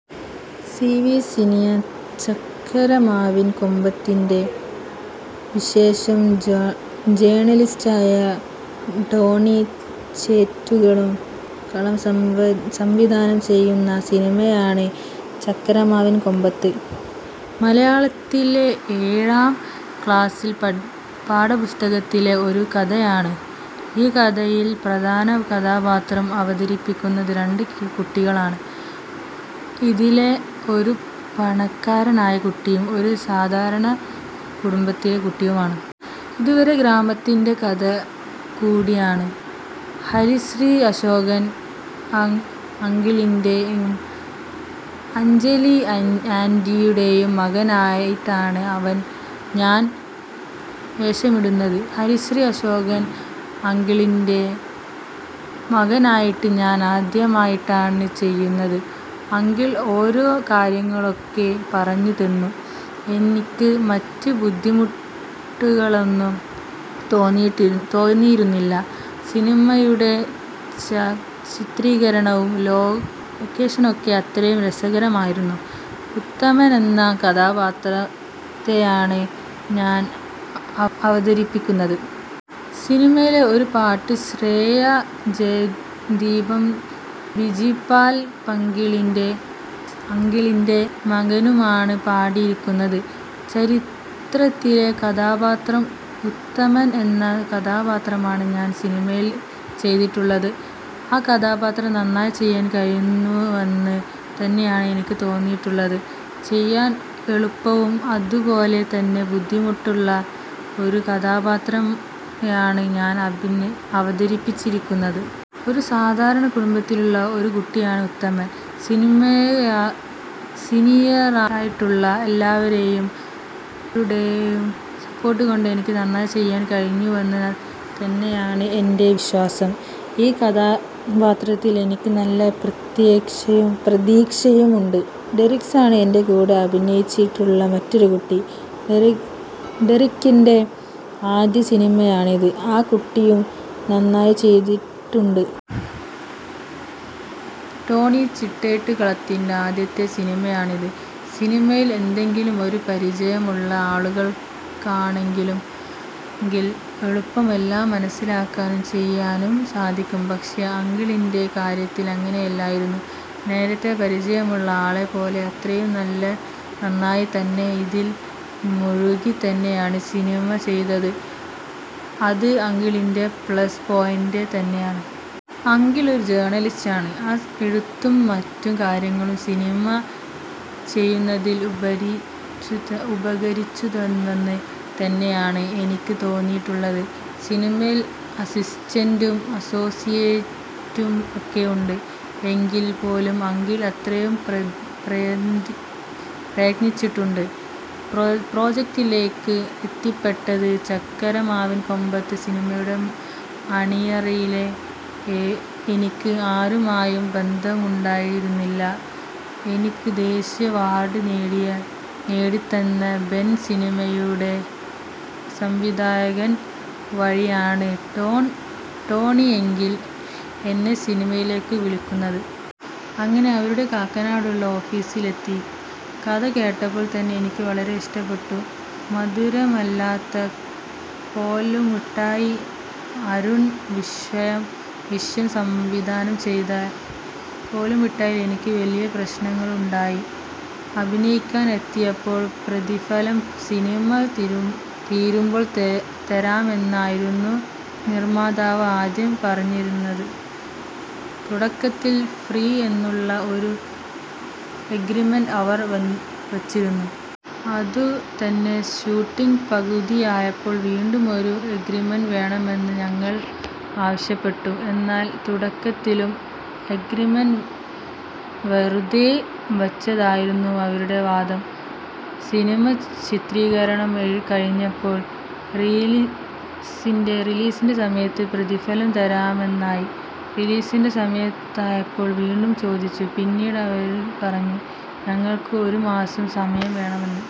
C. V Siniya ചക്കരമാവിൻ കൊമ്പത്തിൻറെ വിശേഷം ജേണലിസ്റ്റായ ടോണി ചിറ്റേറ്റുകളം സംവിധാനം ചെയ്യുന്ന സിനിമയാണ് ചക്കരമാവിൻ കൊമ്പത്ത്. മലയാളത്തിലെ ഏഴാം ക്ലാസിലെ പാഠപുസ്തകത്തിലെ ഒരു കഥയാണ്. ഈ കഥയിൽ പ്രധാന കഥാപാത്രം അവതരിപ്പിക്കുന്നത് രണ്ട് കുട്ടികളാണ്. ഇതിലെ ഒരു പണക്കാരനായ കുട്ടിയും ഒരു സാധാരണ കുടുംബത്തിലെ കുട്ടിയുമാണ്. ഇതൊരു ഗ്രാമത്തിൻറെ കഥകൂടിയാണ്. ഹരിശ്രീ അശോകൻ അങ്കിളിന്റെയും അഞ്ജലി ആന്റിയുടെയും മകനായിട്ടാണ് ഞാൻ വേഷമിടുന്നത്. ഹരിശ്രീ അശോകൻ അങ്കിളിൻറെ മകനായിട്ട് ഞാൻ ആദ്യമായിട്ടാണ് ചെയ്യുന്നത്. അങ്കിൾ ഓരോ കാര്യങ്ങളൊക്കെ പറഞ്ഞു തന്നു. എനിക്ക് മറ്റ് ബുദ്ധിമുട്ടുകളൊന്നും തോന്നിയിരുന്നില്ല. സിനിമയുടെ ചിത്രീകരണവും ലൊക്കേഷനൊക്കെ അത്രയും രസകരമായിരുന്നു. ഉത്തമൻ എന്ന കഥാപാത്രത്തെയാണ് ഞാൻ അവതരിപ്പിക്കുന്നത്. സിനിമയിലെ ഒരു പാട്ട് ശ്രേയ ജയദീപും ബിജിപാൽ അങ്കിളിൻറെ മകനുമാണ് പാടിയിരിക്കുന്നത്. ചിത്രത്തിലെ കഥാപാത്രം ഉത്തമൻ എന്ന കഥാപാത്രമാണ് ഞാൻ സിനിമയിൽ ചെയ്തിട്ടുള്ളത്. ആ കഥാപാത്രം നന്നായി ചെയ്യാൻ കഴിഞ്ഞുവെന്ന് തന്നെയാണ് എനിക്ക് തോന്നിയിട്ടുള്ളത്. ചെയ്യാൻ എളുപ്പവും അതുപോലെ തന്നെ ബുദ്ധിമുട്ടുള്ള ഒരു കഥാപാത്രത്തെയാണ് ഞാൻ അവതരിപ്പിച്ചിരിക്കുന്നത്. ഒരു സാധാരണകുടുംബത്തിലുള്ള ഒരു കുട്ടിയാണ് ഉത്തമൻ. സിനീയറായിട്ടുള്ള എല്ലാവരുടെയും സപ്പോർട്ടുകൊണ്ട് എനിക്ക് നന്നായി ചെയ്യാൻ കഴിഞ്ഞുവെന്നു തന്നെയാണ് എൻറെ വിശ്വാസം. ഈ കഥാപാത്രത്തിൽ എനിക്ക് നല്ല പ്രതീക്ഷയും ഉണ്ട്. ഡെറിക്സാണ് എൻറെ കൂടെ അഭിനയിച്ചിട്ടുള്ള മറ്റൊരു കുട്ടി. ഡെറിക്കിൻറെ ആദ്യ സിനിമയാണിത്. ആ കുട്ടിയും നന്നായി ചെയ്തിട്ടുണ്ട്. ടോണി ചിറ്റേട്ടുകളത്തിൻറെ ആദ്യത്തെ സിനിമയാണിത്. സിനിമയിൽ എന്തെങ്കിലും ഒരു പരിചയമുള്ള ആളുകൾക്കാണെങ്കിൽ എളുപ്പം എല്ലാം മനസ്സിലാക്കാനും ചെയ്യാനും സാധിക്കും. പക്ഷേ അങ്കിളിൻറെ കാര്യത്തിൽ അങ്ങനെയല്ലായിരുന്നു. നേരത്തെ പരിചയമുള്ള ആളെ പോലെ അത്രയും നന്നായി തന്നെ ഇതിൽ മുഴുകി തന്നെയാണ് സിനിമ ചെയ്തത്. അത് അങ്കിളിൻറെ പ്ലസ് പോയിൻറെ തന്നെയാണ്. അങ്കിൾ ഒരു ജേർണലിസ്റ്റാണ്. ആ എഴുത്തും മറ്റുകാര്യങ്ങളും സിനിമ ചെയ്യുന്നതിൽ ഉപകരിച്ചുവെന്ന് തന്നെയാണ് എനിക്ക് തോന്നിയിട്ടുള്ളത്. സിനിമയിൽ അസിസ്റ്റന്റും അസോസിയേറ്റും ഒക്കെ ഉണ്ട്. എങ്കിൽ പോലും അങ്കിൾ അത്രയും പ്രയത്നിച്ചിട്ടുണ്ട്. പ്രൊജക്ടിലേക്ക് എത്തിപ്പെട്ടത് ചക്കരമാവിൻ കൊമ്പത്ത് സിനിമയുടെ അണിയറയിലെ എനിക്ക് ആരുമായും ബന്ധമുണ്ടായിരുന്നില്ല. എനിക്ക് ദേശീയ അവാർഡ് നേടി തന്നെ ബെൻ സിനിമയുടെ സംവിധായകൻ വഴിയാണ് ടോണി അങ്കിൾ എന്നെ സിനിമയിലേക്ക് വിളിക്കുന്നത്. അങ്ങനെ ഇവരുടെ കാക്കനാടുള്ള ഓഫീസിൽ എത്തി. കഥ കേട്ടപ്പോൾ തന്നെ എനിക്ക് വളരെ ഇഷ്ടപ്പെട്ടു. മധുരമല്ലാത്ത കോലുമിഠായി അരുൺ വിശ്വം സംവിധാനം ചെയ്ത കോലുമിഠായിൽ എനിക്ക് വലിയ പ്രശ്നങ്ങളുണ്ടായി. അഭിനയിക്കാൻ എത്തിയപ്പോൾ പ്രതിഫലം സിനിമ തീരുമ്പോൾ തരാമെന്നായിരുന്നു നിർമാതാവ് ആദ്യം പറഞ്ഞിരുന്നത്. തുടക്കത്തിൽ ഫ്രീ എന്നുള്ള ഒരു എഗ്രിമെൻറ് അവർ വച്ചിരുന്നു. അതുകൊണ്ട് തന്നെ ഷൂട്ടിംഗ് പകുതിയായപ്പോൾ വീണ്ടും ഒരു എഗ്രിമെൻറ് വേണമെന്ന് ഞങ്ങൾ ആവശ്യപ്പെട്ടു. എന്നാൽ തുടക്കത്തിലുള്ള എഗ്രിമെൻറ് വെറുതെ വച്ചതെന്നായിരുന്നു അവരുടെ വാദം. സിനിമ ചിത്രീകരണം കഴിഞ്ഞപ്പോൾ റിലീസിൻറെ സമയത്ത് പ്രതിഫലം തരാമെന്നായി. റിലീസിൻറെ സമയമായപ്പോൾ വീണ്ടും ചോദിച്ചു. പിന്നീട് പറഞ്ഞു ഞങ്ങൾക്ക് ഒരുമാസം സമയം വേണമെന്ന്.